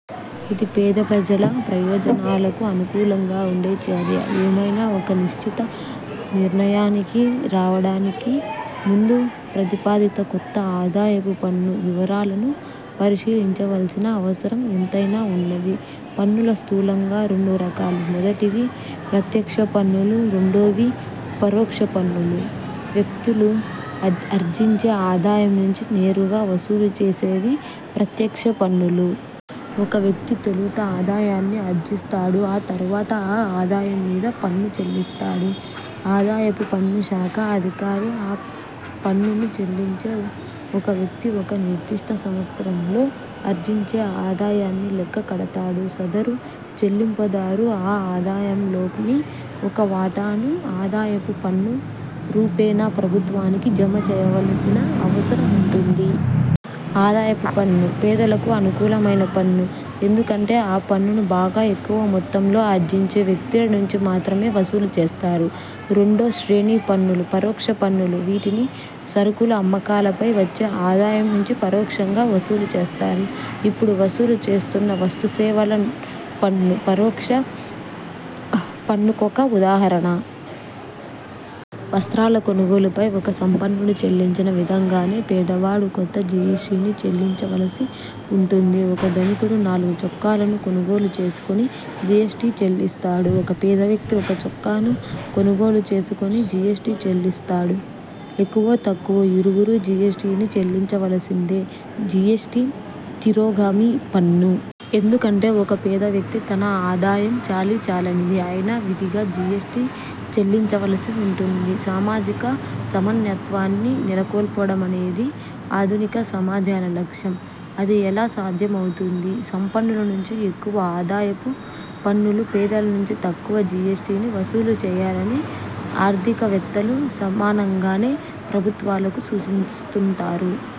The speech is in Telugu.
ఇది, పేద ప్రజల ప్రయోజనాలకు అనుకూలంగా ఉండే చర్య. ఏమైనా ఒక నిశ్చిత నిర్ణయానికి రావడానికి ముందు ప్రతిపాదిత కొత్త ఆదాయపు పన్ను వివరాలను పరిశీలించవల్సిన అవసరం ఎంతైనా ఉన్నది. పన్నులు స్థూలంగా రెండు రకాలు. మొదటివి ప్రత్యక్ష పన్నులు; రెండోవి పరోక్ష పన్నులు. వ్యక్తులు ఆర్జించే ఆదాయం నుంచి నేరుగా వసూలు చేసేవి 'ప్రత్యక్ష పన్నులు'. ఒక వ్యక్తి తొలుత ఆదాయాన్ని ఆర్జిస్తాడు; ఆ తరువాత ఆ ఆదాయం మీద పన్ను చెల్లిస్తాడు. ఆదాయపు పన్ను శాఖ అధికారి ఆ పన్నును చెల్లించే ఒక వ్యక్తి ఒక నిర్దిష్ట సంవత్సరంలో ఆర్జించే ఆదాయాన్ని లెక్క కడతాడు. సదరు చెల్లింపుదారు ఆ ఆదాయంలోని ఒక వాటాను ఆదాయపు పన్ను రూపేణా ప్రభుత్వానికి జమ చేయవలసిన అవసరం ఉంటుంది. ఆదాయపు పన్ను పేదలకు అనుకూలమైన పన్ను. ఎందుకంటే ఆ పన్నును బాగా ఎక్కువ మొత్తంలో ఆర్జించే వ్యక్తుల నుంచి మాత్రమే వసూలు చేస్తారు. రెండో శ్రేణి పన్నులు – 'పరోక్ష పన్నులు'. వీటిని సరుకుల అమ్మకాలపై వచ్చే ఆదాయం నుంచి పరోక్షంగా వసూలు చేస్తారు. ఇప్పుడు వసూలు చేస్తున్న వస్తుసేవల పన్ను పరోక్ష పన్నులకొక ఉదాహరణ. వస్త్రాల కొనుగోలుపై ఒక సంపన్నుడు చెల్లించిన విధంగానే పేదవాడు కూడా జీఎస్టీని చెల్లించవలసి వుంటుంది. ఒక ధనికుడు నాలుగు చొక్కాలను కొనుగోలు చేసుకొని జీఎస్టీ చెల్లిస్తాడు. ఒక పేదవ్యక్తి ఒక చొక్కాను కొనుగోలు చేసుకొని జీఎస్టీ చెల్లిస్తాడు. ఎక్కువో తక్కువో ఇరువురూ జీఎస్టీని చెల్లించవలసిందే. జీఎస్టీ తిరోగామి పన్ను. ఎందుకంటే ఒక పేద వ్యక్తి తన ఆదాయం చాలీచాలనిది అయినా విధిగా జీఎస్టీ చెల్లించవలసి వుంటుంది. సామాజిక సమానత్వాన్ని నెలకొల్పడమనేది ఆధునిక సమాజాల లక్ష్యం. అది ఎలా సాధ్యమవుతుంది? సంపన్నుల నుంచి ఎక్కువ ఆదాయపు పన్నును, పేదల నుంచి తక్కువ జీఎస్టీని వసూలు చేయాలని ఆర్థికవేత్తలు సాధారణంగా ప్రభుత్వాలకు సూచిస్తుంటారు.